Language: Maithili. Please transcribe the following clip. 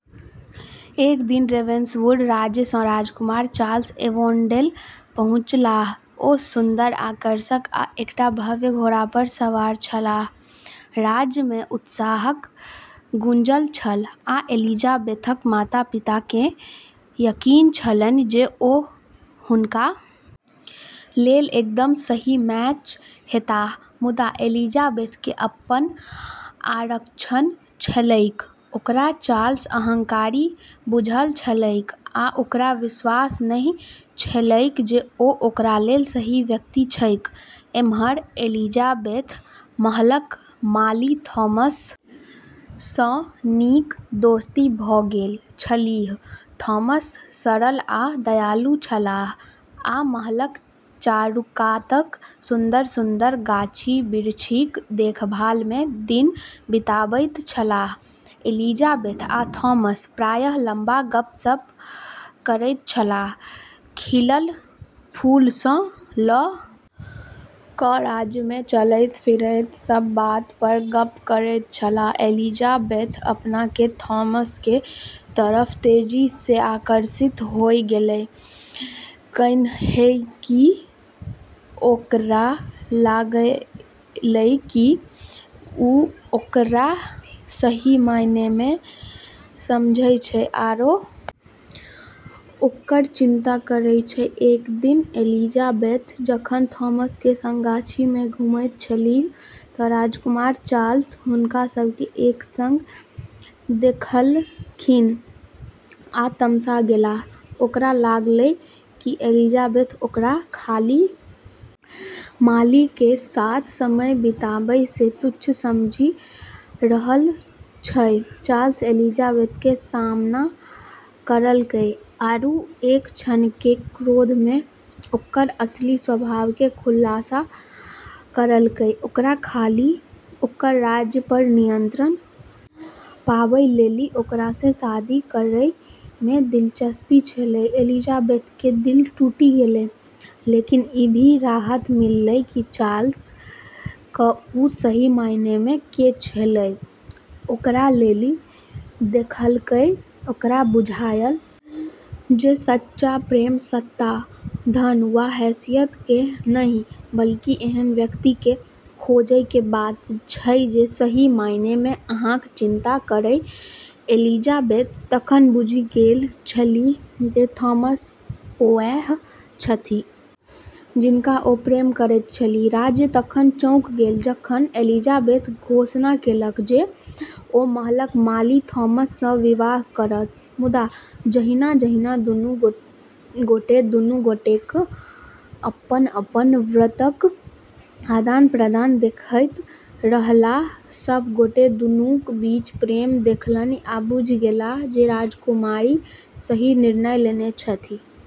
एक दिन रेवेन्सवुड राज्य सं राजकुमार चार्ल्स एवोन्डेल पहुंचलाह ओ सुन्दर, आकर्षक आ एकटा भव्य घोड़ा पर सवार छलाह, राज्य मे उत्साहक गूँजल छल आ एलिजाबेथक माता-पिता केँ यकीन छलनि जे ओ हुनका लेल एकदम सही मैच हेताह मुदा एलिजाबेथ के अपन आरक्षण छलैक ओकरा चार्ल्स अहंकारी बुझल छलैक आ ओकरा विश्वास नहि छलैक जे ओ ओकरा लेल सही व्यक्ति छैक, एम्हर एलिजाबेथ महलक माली थॉमस सँ नीक दोस्ती भ गेल छलीह, थॉमस सरल आ दयालु छलाह आ महलक चारूकातक सुन्दर-सुन्दर गाछी-बिरछीक देखभाल मे दिन बिताबैत छलाह, एलिजाबेथ आ थॉमस प्रायः लंबा गप्प-सप्प करैत छलाह, खिलल फूल सँ ल क राज्य मे चलैत-फिरैत सब बात पर गप्प करैत छलाह, एलिजाबेथ अपना के थॉमस के तरफ तेजी सें आकर्षित होय गेलै, कैन्हेंकि ओकरा लागलै कि उ ओकरा सही मायने में समझै छै आरो ओकरऽ चिंता करै छै, एक दिन एलिजाबेथ जखन थॉमस के संग गाछी में घुमैत छलीह त राजकुमार चार्ल्स हुनका सब के एक संग देखलखिन आ तमसा गेलाह ओकरा लागलै कि एलिजाबेथ ओकरा खाली माली के साथ समय बिताबै सें तुच्छ समझी रहलऽ छै, चार्ल्स एलिजाबेथ के सामना करलकै आरू एक क्षण के क्रोध में ओकरऽ असली स्वभाव के खुलासा करलकै ओकरा खाली ओकरऽ राज्य पर नियंत्रण पाबै लेली ओकरा सें शादी करै में दिलचस्पी छेलै, एलिजाबेथ के दिल टूटी गेलै, लेकिन ई भी राहत मिललै कि चार्ल्स क उ सही मायने मे के छेलै ओकरा लेली देखलकै ओकरा बुझायल जे सच्चा प्रेम सत्ता, धन वा हैसियत के नहि बल्कि एहन व्यक्ति के खोजय के बात छै जे सही मायने में अहाँक चिंता करय, एलिजाबेथ तखन बुझि गेल छलीह जे थॉमस ओएह छथि जिनका ओ प्रेम करैत छलीह, राज्य तखन चौंक गेल जखन एलिजाबेथ घोषणा केलक जे ओ महलक माली थॉमस सँ विवाह करत, मुदा जहिना-जहिना दुनू गोटे दुनू गोटेकेँ अपन-अपन व्रतक आदान-प्रदान देखैत रहलाह, सभ गोटे दुनूक बीचक प्रेम देखलनि आ बुझि गेलाह जे राजकुमारी सही निर्णय लेने छथि।